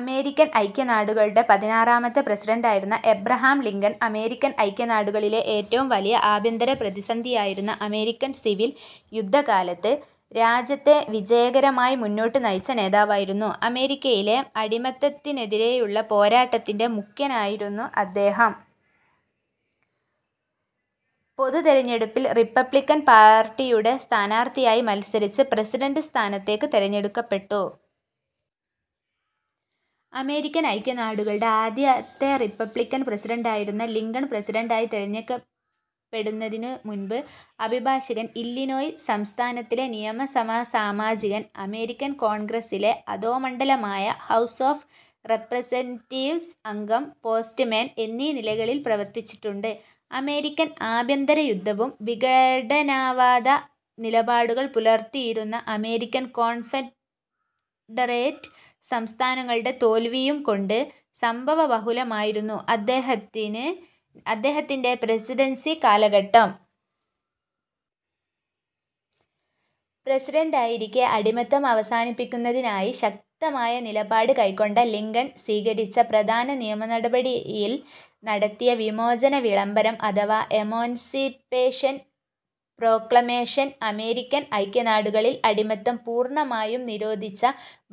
American ഐക്യനാടുകളുടെ പതിനാറാമത്തെ പ്രസിഡന്റായിരുന്ന എബ്രഹാം ലിങ്കൺ, അമേരിക്കൻ ഐക്യനാടുകളിലെ ഏറ്റവും വലിയ ആഭ്യന്തര പ്രതിസന്ധിയായിരുന്ന അമേരിക്കൻ സിവിൽ യുദ്ധകാലത്ത് രാജ്യത്തെ വിജയകരമായി മുന്നോട്ട് നയിച്ച നേതാവായിരുന്നു. അമേരിക്കയിലെ അടിമത്തത്തിനെതിരെയുള്ള പോരാട്ടത്തിൻ്റെ മുഖ്യനായകനായിരുന്നു അദ്ദേഹം. പൊതു തിരഞ്ഞെടുപ്പിൽ റിപ്പബ്ലിക്കൻ പാർട്ടിയുടെ സ്ഥാനാർഥിയായി മത്സരിച്ച് പ്രസിഡന്റ് സ്ഥാനത്തേക്ക് തിരഞ്ഞെടുക്കപ്പെട്ടു. അമേരിക്കൻ ഐക്യനാടുകളുടെ ആദ്യത്തെ റിപ്പബ്ലിക്കൻ പ്രസിഡന്റായിരുന്നു ലിങ്കൺ. പ്രസിഡന്റായി തിരഞ്ഞെടുക്കപ്പെടുന്നതിനു മുൻപ് അഭിഭാഷകൻ, ഇല്ലിനോയി സംസ്ഥാനത്തിലെ നിയമസഭാസാമാജികൻ, അമേരിക്കൻ കോൺഗ്രസ്സിലെ അധോമണ്ഡലമായ ഹൗസ് ഓഫ് റെപ്രസെന്റേറ്റീവ്സ് അംഗം, പോസ്റ്റ്മാൻ എന്നീ നിലകളിൽ പ്രവർത്തിച്ചിട്ടുണ്ട്. അമേരിക്കൻ ആഭ്യന്തര യുദ്ധവും വിഘടനവാദ നിലപാടുകൾ പുലർത്തിയിരുന്ന അമേരിക്കൻ കോൺഫെഡറേറ്റ് സംസ്ഥാനങ്ങളുടെ തോൽവിയും കൊണ്ട് സംഭവബഹുലമായിരുന്നു അദ്ദേഹത്തിൻ്റെ പ്രസിഡൻസി കാലഘട്ടം. പ്രസിഡന്റായിരിക്കെ അടിമത്തം അവസാനിപ്പിക്കുന്നതിനായി ശക്തമായ നിലപാട് കൈക്കൊണ്ട ലിങ്കൺ സ്വീകരിച്ച പ്രധാന നിയമനടപടിയാണ് ൽ നടത്തിയ വിമോചന വിളംബരം അഥവാ എമാൻസിപ്പേഷൻ പ്രോക്ലമേഷൻ. അമേരിക്കൻ ഐക്യനാടുകളിൽ അടിമത്തം പൂർണ്ണമായും നിരോധിച്ച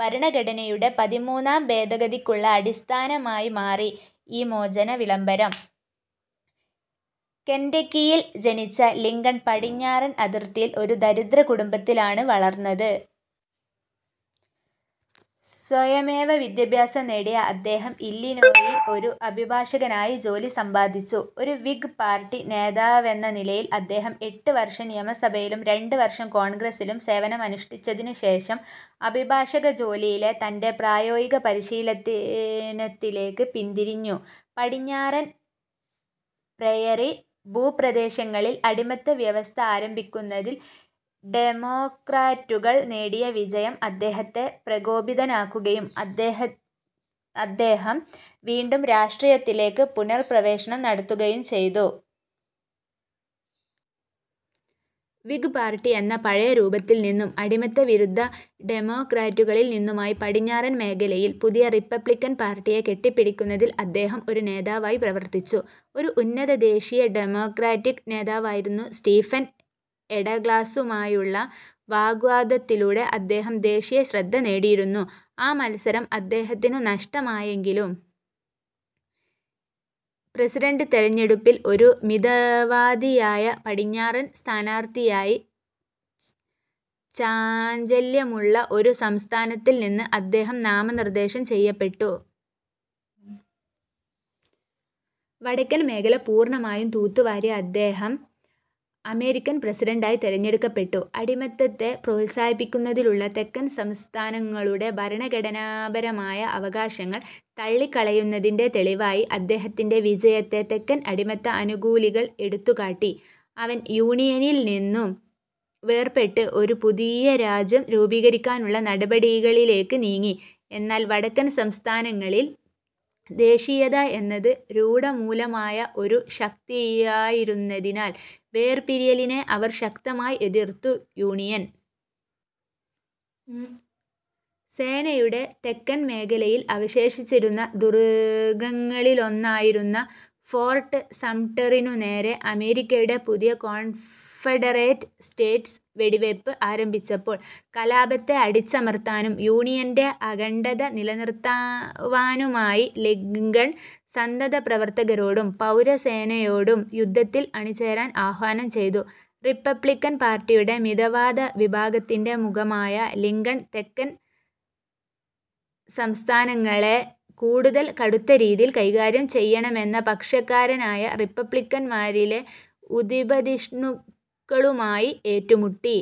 ഭരണഘടനയുടെ പതിമൂന്നാം ഭേദഗതിക്കുള്ള അടിസ്ഥാനമായി മാറി ഈ വിമോചന വിളംബരം. കെന്റക്കിയിൽ ജനിച്ച ലിങ്കൺ പടിഞ്ഞാറൻ അതിർത്തിയിലെ ഒരു ദരിദ്ര കുടുംബത്തിലാണ് വളർന്നത്. സ്വയമേവ വിദ്യാഭ്യാസം നേടിയ അദ്ദേഹം ഇല്ലിനോയിയിൽ ഒരു അഭിഭാഷകനായി ജോലി സമ്പാദിച്ചു. ഒരു വിഗ് പാർട്ടി നേതാവെന്ന നിലയിൽ അദ്ദേഹം എട്ട് വർഷം നിയമസഭയിലും രണ്ടുവർഷം കോൺഗ്രസിലും സേവനമനുഷ്ഠിച്ചതിനുശേഷം അഭിഭാഷക ജോലിയിലെ തൻ്റെ പ്രായോഗിക പരിശീലനത്തിലേക്ക് പിന്തിരിഞ്ഞു. പടിഞ്ഞാറൻ പ്രയറി ഭൂപ്രദേശങ്ങളിൽ അടിമത്ത വ്യവസ്ഥ ആരംഭിക്കുന്നതിൽ ഡെമോക്രാറ്റുകൾ നേടിയ വിജയം അദ്ദേഹത്തെ പ്രകോപിതനാക്കുകയും അദ്ദേഹം ൽ വീണ്ടും രാഷ്ട്രീയത്തിലേക്ക് പുനഃപ്രവേശനം നടത്തുകയും ചെയ്തു. വിഗ് പാർട്ടി എന്ന പഴയ രൂപത്തിൽനിന്നും അടിമത്തവിരുദ്ധ ഡെമോക്രാറ്റുകളിൽനിന്നുമായി പടിഞ്ഞാറൻ മേഖലയിൽ പുതിയ റിപ്പബ്ലിക്കൻ പാർട്ടിയെ കെട്ടിപ്പടുക്കുന്നതിൽ അദ്ദേഹം ഒരു നേതാവായി പ്രവർത്തിച്ചു. ഒരു ഉന്നത ദേശീയ ഡെമോക്രാറ്റിക് നേതാവായിരുന്ന സ്റ്റീഫൻ എ ഡഗ്ലാസുമായുള്ള വാഗ്വാദത്തിലൂടെ അദ്ദേഹം ദേശീയ ശ്രദ്ധ നേടിയിരുന്നു. ആ മത്സരം അദ്ദേഹത്തിനു നഷ്ടമായെങ്കിലും ലെ പ്രസിഡന്റ് തിരഞ്ഞെടുപ്പിൽ ഒരു മിതവാദിയായ പടിഞ്ഞാറൻ സ്ഥാനാർത്ഥിയായി ചാഞ്ചല്യമുള്ള ഒരു സംസ്ഥാനത്തിൽനിന്ന് അദ്ദേഹം നാമനിർദ്ദേശം ചെയ്യപ്പെട്ടു. വടക്കൻ മേഖല പൂർണ്ണമായും തൂത്തുവാരിയ അദ്ദേഹം ൽ അമേരിക്കൻ പ്രസിഡന്റായി തിരഞ്ഞെടുക്കപ്പെട്ടു. അടിമത്തത്തെ പ്രോത്സാഹിപ്പിക്കുന്നതിനുള്ള തെക്കൻ സംസ്ഥാനങ്ങളുടെ ഭരണഘടനാപരമായ അവകാശങ്ങൾ തള്ളിക്കളയുന്നതിൻ്റെ തെളിവായി അദ്ദേഹത്തിൻ്റെ വിജയത്തെ തെക്കൻ അടിമത്ത അനുകൂലികൾ എടുത്തുകാട്ടി. അവർ യൂണിയനിൽ നിന്ന് വേർപെട്ട് ഒരു പുതിയ രാജ്യം രൂപീകരിക്കാനുള്ള നടപടികളിലേക്ക് നീങ്ങി. എന്നാൽ വടക്കൻ സംസ്ഥാനങ്ങളിൽ ദേശീയത എന്നത് രൂഢമൂലമായ ഒരു ശക്തിയായിരുന്നതിനാൽ വേർപിരിയലിനെ അവർ ശക്തമായി എതിർത്തു. യൂണിയൻ സേനയുടെ തെക്കൻ മേഖലയിൽ അവശേഷിച്ചിരുന്ന ദുർഗങ്ങളിലൊന്നായിരുന്ന ഫോർട്ട് സംട്ടറിനുനേരെ അമേരിക്കയുടെ പുതിയ കോൺഫെഡറേറ്റ് സ്റ്റേറ്റ്സ് വെടിവയ്പ് ആരംഭിച്ചപ്പോൾ കലാപത്തെ അടിച്ചമർത്താനും യൂണിയൻ്റെ അഖണ്ഡത നിലനിർത്തുവാനുമായി ലിങ്കൺ സന്നദ്ധപ്രവർത്തകരോടും പൗരസേനയോടും യുദ്ധത്തിൽ അണിചേരാൻ ആഹ്വാനം ചെയ്തു. റിപ്പബ്ലിക്കൻ പാർട്ടിയുടെ മിതവാദ വിഭാഗത്തിൻ്റെ മുഖമായ ലിങ്കൺ, തെക്കൻ സംസ്ഥാനങ്ങളെ കൂടുതൽ കടുത്ത രീതിയിൽ കൈകാര്യം ചെയ്യണമെന്ന പക്ഷക്കാരായ റിപ്പബ്ലിക്കൻമാരിലെ ഉത്പതിഷ്ണുക്കളുമായി ഏറ്റുമുട്ടി.